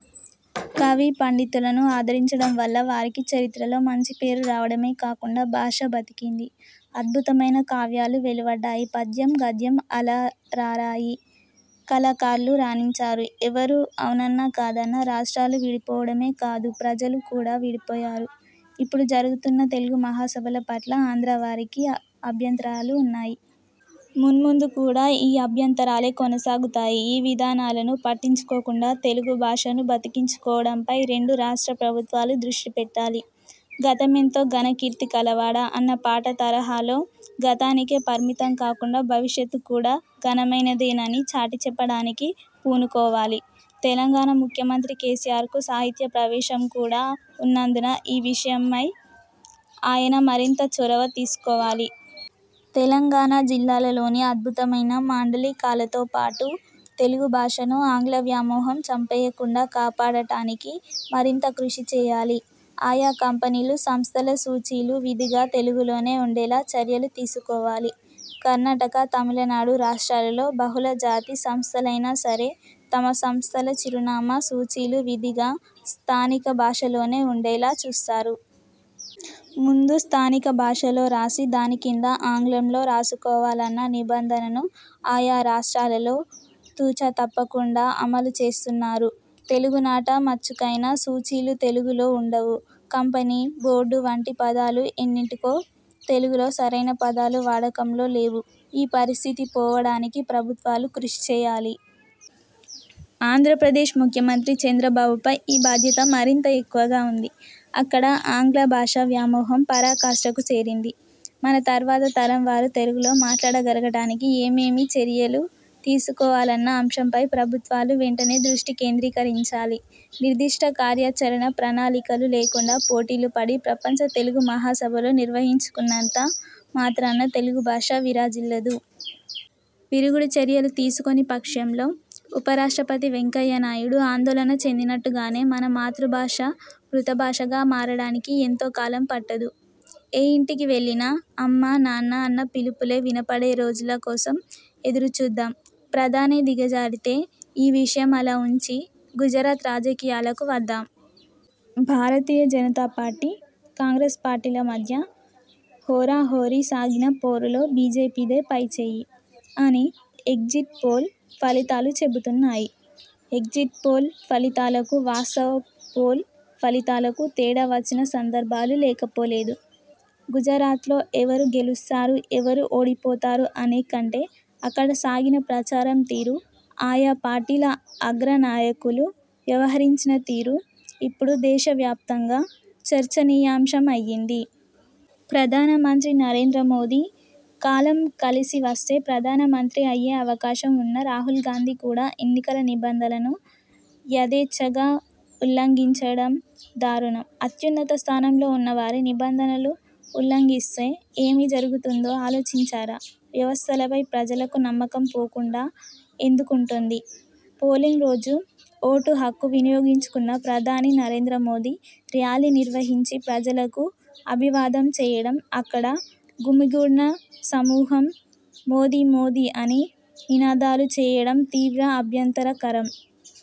కవి పండితులను ఆదరించడం వల్ల వారికి చరిత్రలో మంచి పేరు రావడమే కాకుండా భాష బతికింది. అద్భుతమైన కావ్యాలు వెలువడ్డాయి. పద్యం– గద్యం అలరారాయి. కళాకారులు రాణించారు. ఎవరు అవునన్నా కాదన్నా రాష్ర్టాలు విడిపోవడమే కాదు ప్రజలు కూడా విడిపోయారు. ఇప్పుడు జరుగుతున్న తెలుగు మహాసభల పట్ల ఆంధ్రవారికి అభ్యంతరాలు ఉన్నాయి. మున్ముందు కూడా ఈ అభ్యంతరాలే కొనసాగుతాయి. ఈ వివాదాలను పట్టించుకోకుండా తెలుగు భాషను బతికించుకోవడంపై రెండు రాష్ట్ర ప్రభుత్వాలు దృష్టి పెట్టాలి. 'గతమెంతో ఘనకీర్తి కలవాడ' అన్న పాట తరహాలో గతానికే పరిమితం కాకుండా భవిష్యత్తు కూడా ఘనమైనదేనని చాటిచెప్పడానికి పూనుకోవాలి. తెలంగాణ ముఖ్యమంత్రి కేసీఆర్కు సాహిత్య ప్రవేశం కూడా ఉన్నందున ఈ విషయమై ఆయన మరింత చొరవ తీసుకోవాలి. తెలంగాణ జిల్లాలలోని అద్భుతమైన మాండలికాలతో పాటు తెలుగు భాషను ఆంగ్ల వ్యామోహం చంపేయకుండా కాపాడటానికి మరింత కృషి చేయాలి. ఆయా కంపెనీలు, సంస్థల సూచీలు విధిగా తెలుగులోనే ఉండేలా చర్యలు తీసుకోవాలి. కర్ణాటక, తమిళనాడు రాష్ర్టాలలో బహుళ జాతి సంస్థలైనా సరే తమ సంస్థల చిరునామా సూచీలు విధిగా స్థానిక భాషలోనే ఉండేలా చూస్తారు. ముందు స్థానిక భాషలో రాసి దాని కింద ఆంగ్లంలో రాసుకోవాలన్న నిబంధనను ఆయా రాష్ర్టాలలో తు. చ. తప్పకుండా అమలు చేస్తున్నారు. తెలుగునాట మచ్చుకైనా సూచీలు తెలుగులో ఉండవు. కంపెనీ, బోర్డు వంటి పదాలు ఎన్నింటికో తెలుగులో సరైన పదాలు వాడకంలో లేవు. ఈ పరిస్థితి పోవడానికి ప్రభుత్వాలు కృషి చేయాలి. ఆంధ్రప్రదేశ్ ముఖ్యమంత్రి చంద్రబాబుపై ఈ బాధ్యత మరింత ఎక్కువగా ఉంది. అక్కడ ఆంగ్ల భాషా వ్యామోహం పరాకాష్టకు చేరింది. మన తర్వాత తరంవారు తెలుగులో మాట్లాడగలగడానికి ఏమేమి చర్యలు తీసుకోవాలన్న అంశంపై ప్రభుత్వాలు వెంటనే దృష్టి కేంద్రీకరించాలి. నిర్దిష్ట కార్యాచరణ ప్రణాళికలు లేకుండా పోటీలు పడి ప్రపంచ తెలుగు మహాసభలు నిర్వహించుకున్నంత మాత్రాన తెలుగు భాష విరాజిల్లదు. విరుగుడు చర్యలు తీసుకోని పక్షంలో ఉపరాష్ట్రపతి వెంకయ్యనాయుడు ఆందోళన చెందినట్టుగానే మన మాతృ భాష మృత భాషగా మారడానికి ఎంతో కాలం పట్టదు. ఏ ఇంటికి వెళ్లినా అమ్మా నాన్న అన్న పిలుపులే వినపడే రోజుల కోసం ఎదురుచూద్దాం. ప్రధానే దిగజారితే ఈ విషయం అలా ఉంచి, గుజరాత్ రాజకీయాలకు వద్దాం. భారతీయ జనతా పార్టీ– కాంగ్రెస్ పార్టీల మధ్య హోరాహోరీ సాగిన పోరులో బీజేపీదే పైచేయి అని ఎగ్జిట్ పోల్ ఫలితాలు చెబుతున్నాయి. ఎగ్జిట్ పోల్ ఫలితాలకు, వాస్తవ పోల్ ఫలితాలకు తేడా వచ్చిన సందర్భాలు లేకపోలేదు. గుజరాత్లో ఎవరు గెలుస్తారు– ఎవరు ఓడిపోతారు అనే కంటే అక్కడ సాగిన ప్రచారం తీరు, ఆయా పార్టీల అగ్ర నాయకులు వ్యవహరించిన తీరు ఇప్పుడు దేశవ్యాప్తంగా చర్చనీయాంశమయ్యింది. ప్రధానమంత్రి నరేంద్ర మోదీ– కాలం కలిసి వస్తే ప్రధానమంత్రి అయ్యే అవకాశం ఉన్న రాహుల్ గాంధీ కూడా ఎన్నికల నిబంధనలను యథేచ్ఛగా ఉల్లంఘించడం దారుణం. అత్యున్నత స్థానంలో ఉన్నవారే నిబంధనలను ఉల్లంఘిస్తే ఏమి జరుగుతుందో ఆలోచించారా? వ్యవస్థలపై ప్రజలకు నమ్మకం పోకుండా ఎందుకుంటుంది? పోలింగ్ రోజు ఓటు హక్కు వినియోగించుకున్న ప్రధాని నరేంద్ర మోదీ ర్యాలీ నిర్వహించి ప్రజలకు అభివాదం చేయడం, అక్కడ గుమిగూడిన సమూహం 'మోదీ మోదీ' అని నినాదాలు చేయడం తీవ్ర అభ్యంతరకరం!